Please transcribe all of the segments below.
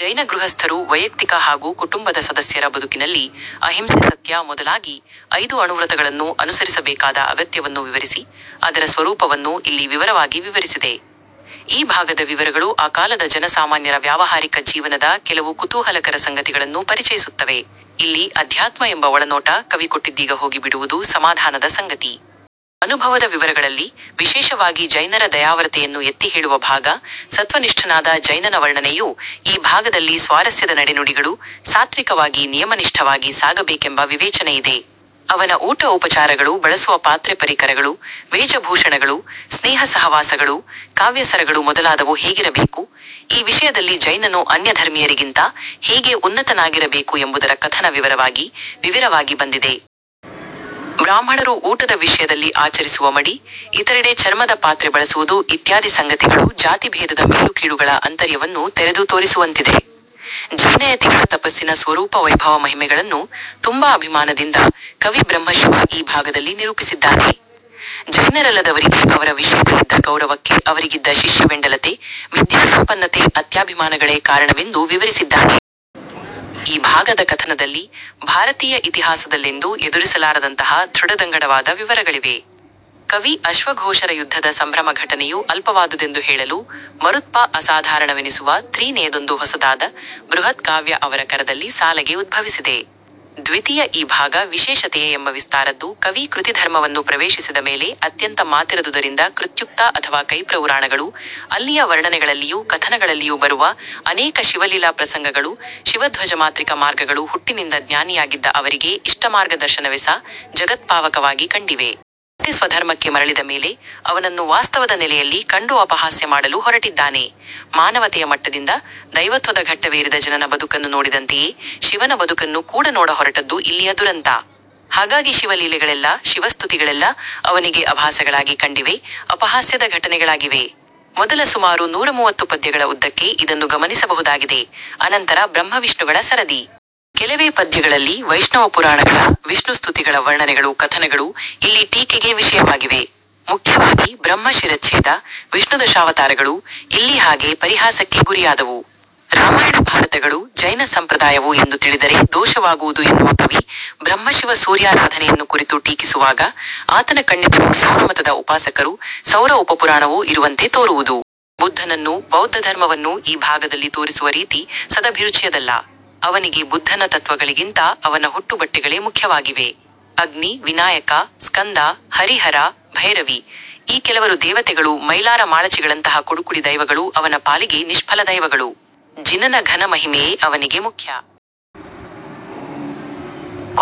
ಜೈನ ಗೃಹಸ್ಥರು ವೈಯಕ್ತಿಕ ಹಾಗೂ ಕುಟುಂಬದ ಸದಸ್ಯರ ಬದುಕಿನಲ್ಲಿ ಅಹಿಂಸೆ ಸತ್ಯ ಮೊದಲಾಗಿ ಐದು ಅಣುವ್ರತಗಳನ್ನು ಅನುಸರಿಸಬೇಕಾದ ಅಗತ್ಯವನ್ನು ವಿವರಿಸಿ, ಅದರ ಸ್ವರೂಪವನ್ನು ಇಲ್ಲಿ ವಿಶದವಾಗಿ ವಿವರಿಸಿದೆ. ಈ ಭಾಗದ ವಿವರಗಳು ಆ ಕಾಲದ ಜನಸಾಮಾನ್ಯರ ವ್ಯಾವಹಾರಿಕಜೀವನದ ಕೆಲವು ಕುತೂಹಲಕರ ಸಂಗತಿಗಳನ್ನು ಪರಿಚಯಿಸುತ್ತವೆ. ಇಲ್ಲಿ ಅನ್ಯಮತ ವಿಡಂಬನೆಗೆ ಕವಿ ಅಷ್ಟಾಗಿ ಹೋಗಿಲ್ಲವೆನ್ನುವುದು ಸಮಾಧಾನದ ಸಂಗತಿ. ಅಣುವ್ರತದ ವಿವರಗಳಲ್ಲಿ ವಿಶೇಷವಾಗಿ ಜೈನರ ದಯಾಪರತೆಯನ್ನು ಎತ್ತಿಹೇಳಿರುವ ಭಾಗ ಸಚ್ಚರಿತ್ರನಾದ ಜೈನನ ವರ್ಣನೆಯ ಈ ಭಾಗದಲ್ಲಿ ಶ್ರಾವಕನ ನಡೆ ನುಡಿಗಳು ಸಾತ್ವಿಕವಾಗಿ, ನಿಯಮನಿಷ್ಠವಾಗಿ ಸಾಗಬೇಕೆಂಬ ನಿವೇದನೆಯಿದೆ. ಅವನ ಊಟ ಉಪಚಾರಗಳು, ಬಳಸುವ ಪಾತ್ರೆ ಪಡಿಗಗಳು, ವೇಷ ಭೂಷಣಗಳು, ಸ್ನೇಹ ಸಹವಾಸಗಳು, ಹವ್ಯಾಸಗಳು ಮೊದಲಾದವು ಹೇಗಿರಬೇಕು, ಈ ವಿಷಯದಲ್ಲಿ ಜೈನನು ಆನ್ಯಧರ್ಮಿಯರಿಗಿಂತ ಹೇಗೆ ಉತ್ತಮನಾಗಿರಬೇಕು ಎಂಬುದರ ಕಥನ ವಿಶದವಾಗಿ, ವಿವರವಾಗಿ ಬಂದಿದೆ. ಬ್ರಾಹ್ಮಣರು ಊಟದ ವಿಷಯದಲ್ಲಿ ಆಚರಿಸುವ ಮಡಿ, ನೀರಿಗೆ ಚರ್ಮದ ಪಾತ್ರೆ ಬಳಸುವುದು ಇತ್ಯಾದಿ ಸಂಗತಿಗಳು ಜಾತಿಭೇದದ ಮೇಲುಕೀಳುಗಳ ಅಂತರ್ಯವನ್ನು ತೆರೆದು ತೋರಿಸುವಂತಿದೆ. ಜೈನಯತಿಗಳ ತಪಸ್ಸಿನ ಸ್ವರೂಪ ಪ್ರಭಾವ ಮಹಿಮೆಗಳನ್ನು ತುಂಬಾ ಅಭಿಮಾನದಿಂದ ಕವಿ ಬ್ರಹ್ಮಶಿವ ಈ ಭಾಗದಲ್ಲಿ ನಿರೂಪಿಸಿದ್ದಾನೆ. ಜೈನಶ್ರಾವಕರಿಗೆ ಅವರ ವಿಷಯದಲ್ಲಿದ್ದ ಗೌರವಕ್ಕೆ ಅವರಿಗಿದ್ದ ಶಿಷ್ಯವತ್ಸಲತೆ ವಿದ್ಯಾಸಂಪನ್ನತೆ ಆತ್ಮಾಭಿಮಾನಗಳೇ ಕಾರಣವೆಂದು ವಿವರಿಸಿದ್ದಾನೆ. ಈ ಭಾಗದ ಕಥನದಲ್ಲಿ ಭಾರತೀಯ ಆಚಾರ್ಯಪರಂಪರೆಯೇ ಎದ್ದುತೋರುವಂತೆ ಹೃದಯಂಗಮವಾದ ವಿವರಗಳಿವೆ. ಕವಿ ಅನ್ಯಧರ್ಮದ ಯತಿಗಳ ಸಾಧನೆಯೂ ಘನತೆಯೂ ಅಲ್ಪವಾದುವೆಂದು ಹೇಳಲು ಮರೆತಿಲ್ಲ. ಆನಾಪ್ತಸ್ವರೂಪವನ್ನು ತಿಳಿಸುವುದೆಂದು ಹೊರಟಾಗ ಬ್ರಹ್ಮಶಿವ ಆವೇಶ ಕೆರಳಿದೆ, ನಾಲಗೆ ಉದ್ದವಾಗಿದೆ. ಕೃತಿಯ ಈ ಭಾಗ ದೀರ್ಘತಮ ಎಂಬ ವಿಸ್ತಾರದ್ದು, ಕವಿ ಶೈವಧರ್ಮವನ್ನು ಪ್ರವೇಶಿಸಿದ ಮೇಲೆ ಅಭ್ಯಾಸ ಮಾಡಿರಬಹುದಾದ ಶೈವಸ್ತುತಿಗಳೂ ಶೈವಪುರಾಣಗಳೂ, ಅಲ್ಲಿಯ ವರ್ಣನೆಗಳಲ್ಲಿಯೂ ಕಥನಗಳಲ್ಲಿಯೂ ಬರುವ ಅನೇಕ ಶಿವಲೀಲಾಪ್ರಸಂಗಗಳೂ ಶಿವಸ್ವರೂಪಾಕೃತಿ ವರ್ಣನೆಗಳೂ ಹುಟ್ಟಿನಿಂದ ಜೈನನಾಗಿದ್ದ ಅವನಿಗೆ ಇಷ್ಟವಾಗದೆಹೋಗಿವೆ, ಜುಗುಪ್ಸಾವಹವಾಗಿ ಕಂಡಿವೆ. ಮತ್ತೆ ಸ್ವಧರ್ಮಕ್ಕೆ ಮರಳಿದ ಮೇಲೆ ಅವನ್ನು ವಾಸ್ತವದ ನೆಲೆಯಲ್ಲಿ ಕಂಡು ಅಪಹಾಸ್ಯಮಾಡಲು ಹೊರಟಿದ್ದಾನೆ. ಮಾನವತೆಯ ಮಟ್ಟದಿಂದ ದೈವತ್ವದ ಘಟ್ಟವೇರಿದ ಜಿನನ ಬದುಕನ್ನು ನೋಡಿದಂತೆಯೇ ಶಿವನ ಬದುಕನ್ನು ಕೂಡ ನೋಡಹೊರಟದ್ದು ಇಲ್ಲಿಯ ದುರಂತ. ಹಾಗಾಗಿ ಶಿವಲೀಲೆಗಳೆಲ್ಲ, ಶಿವಸ್ತುತಿಗಳೆಲ್ಲ ಅವನಿಗೆ ಅಭಾಸಗಳಾಗಿ ಕಂಡಿವೆ, ಅಪಹಾಸ್ಯದ ಘಟನೆಗಳಾಗಿವೆ. ಮೊದಲ ಸುಮಾರು ನೂರ ಮೂವತ್ತು ಪದ್ಯಗಳ ಉದ್ದಕ್ಕೆ ಇದನ್ನು ಗಮನಿಸಬಹುದಾಗಿದೆ ಅನಂತರ ಬ್ರಹ್ಮ ವಿಷ್ಣುಗಳ ಸರದಿ. ಕೆಲವೇ ಪದ್ಯಗಳಲ್ಲಿ ವೈಷ್ಣವಪುರಾಣಗಳ, ವಿಷ್ಣುಸ್ತುತಿಗಳ ವರ್ಣನೆಗಳೂ ಕಥನಗಳೂ ಇಲ್ಲಿ ಟೀಕೆಗೆ ವಿಷಯಗಳಾಗಿವೆ. ಮುಖ್ಯವಾಗಿ ಬ್ರಹ್ಮ ಶಿರಚ್ಛೇದ, ವಿಷ್ಣುದಶಾವತಾರಗಳು, ಇಲ್ಲಿ ಹಾಗೆ ಪರಿಹಾಸಕ್ಕೆ ಗುರಿಯಾದವು. ರಾಮಾಯಣ ಭಾರತಗಳು ಜೈನ ಸಂಪ್ರದಾಯವು ಎಂದು ತಿಳಿದರೆ ದೋಷವಾಗುವುದು ಎನ್ನುವ ಕವಿ ಬ್ರಹ್ಮಶಿವ ಸೂರ್ಯಾರಾಧನೆಯನ್ನು ಕುರಿತು ಟೀಕಿಸುವಾಗ, ಆತನ ಕಣ್ಣೆದುರು ಸೌರಮತದ ಉಪಾಸಕರೂ ಸೌರ ಉಪಪುರಾಣವೂ ಇರುವಂತೆ ತೋರುವುದು. ಬುದ್ಧನನ್ನೂ ಬೌದ್ಧಧರ್ಮವನ್ನೂ ಈ ಭಾಗದಲ್ಲಿ ಟೀಕಿಸುವ ರೀತಿ ಸದಭಿರುಚಿಯದಲ್ಲ. ಅವನಿಗೆ ಬುದ್ಧನ ತತ್ತ್ವಗಳಿಗಿಂತ ಅವನ ಹುಟ್ಟು ಬಟ್ಟೆಗಳೇ ಮುಖ್ಯವಾಗಿವೆ. ಅಗ್ನಿ, ವಿನಾಯಕ, ಸ್ಕಂದ, ಹರಿಹರ, ಭೈರವಿ ಈ ಕೆಲವರು ದೇವತೆಗಳೂ ಮೈಲಾರ ಮಾಳಚಿಗಳಂತಹ ಕೂಡುಕುಳಿ ದೈವಗಳೂ ಅವನ ಪಾಲಿಗೆ ನಿಷ್ಫಲ ದೈವಗಳು. ಜಿನನ ಘನಮಹಿಮೆಯೇ ಅವನಿಗೆ ಮುಖ್ಯ.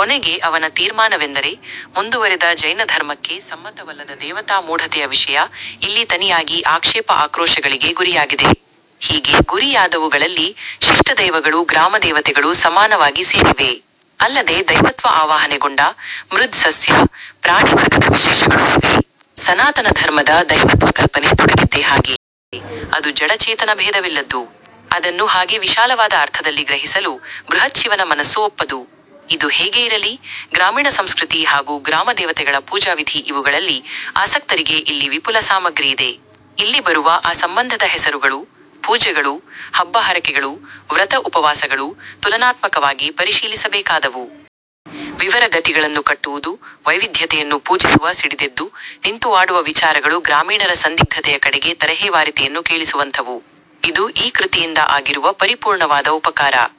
ಕೊನೆಗೆ ಅವನ ತೀರ್ಮಾನವೆಂದರೆ: ಮುಂದುವರಿದ, ಜೈನಧರ್ಮಕ್ಕೆ ಸಮ್ಮತವಲ್ಲದ ದೇವತಾ ಮೂಢತೆಯ ವಿಷಯ ಇಲ್ಲಿ ತನಿಯಾಗಿ ಆಕ್ಷೇಪ ಆಕ್ರೋಶಗಳಿಗೆ ಗುರಿಯಾಗಿದೆ. ಹೀಗೆ ಗುರಿ ಯಾದವುಗಳಲ್ಲಿ ಶಿಷ್ಟದೈವಗಳೂ ಗ್ರಾಮದೇವತೆಗಳೂ ಸಮಾನವಾಗಿ ಸೇರಿವೆ. ಅಲ್ಲದೆ ದೈವತ್ವ ಆವಾಹನೆಗೊಂಡ ಮೃದ್ – ಸಸ್ಯ – ಪ್ರಾಣಿವರ್ಗದ ವಿಶೇಷಗಳೂ ಇವೆ. ಸನಾತನಧರ್ಮದ ದೈವತ್ವಕಲ್ಪನೆ ತೊಡಗಿದ್ದೇ ಹಾಗೆ. ಅದು ಜಡ ಚೇತನ ಭೇದವಿಲ್ಲದ್ದು. ಅದನ್ನು ಹಾಗೆ ವಿಶಾಲವಾದ ಅರ್ಥದಲ್ಲಿ ಗ್ರಹಿಸಲು ಬ್ರಹ್ಮಶಿವನ ಮನಸ್ಸು ಒಪ್ಪದು. ಇದು ಹೇಗೆ ಇರಲಿ, ಗ್ರಾಮೀಣ ಸಂಸ್ಕೃತಿ ಹಾಗೂ ಗ್ರಾಮದೇವತೆಗಳ ಪೂಜಾವಿಧಿ ಇವುಗಳಲ್ಲಿ ಆಸಕ್ತರಿಗೆ ಇಲ್ಲಿ ವಿಪುಲ ಸಾಮಗ್ರಿಯಿದೆ. ಇಲ್ಲಿ ಬರುವ ಆ ಸಂಬಂಧದ ಹೆಸರುಗಳು, ಪೂಜೆಗಳು, ಹಬ್ಬ ಹರಕೆಗಳು, ವ್ರತ ಉಪವಾಸಗಳು ತುಲನಾತ್ಮಕವಾಗಿ ಪರಿಶೀಲಿಸಬೇಕಾದವು. ವೀರರ ಗುಡಿಗಳನ್ನು ಕಟ್ಟುವ, ವ್ಯಂತರವನ್ನು ಪೂಜಿಸುವ, ಸಿಡಿದಲೆಯನ್ನು ಆಡುವ ವಿಚಾರಗಳು ಗ್ರಾಮೀಣಸಂಸ್ಕೃತಿಯ ತೆರೆಮೊರೆತವನ್ನು ಕೇಳುಸುವಂಥವು. ಇದು ಈ ಕೃತಿಯಿಂದ ಆಗಿರುವ ಪರೋಕ್ಷವಾದ ಉಪಕಾರ.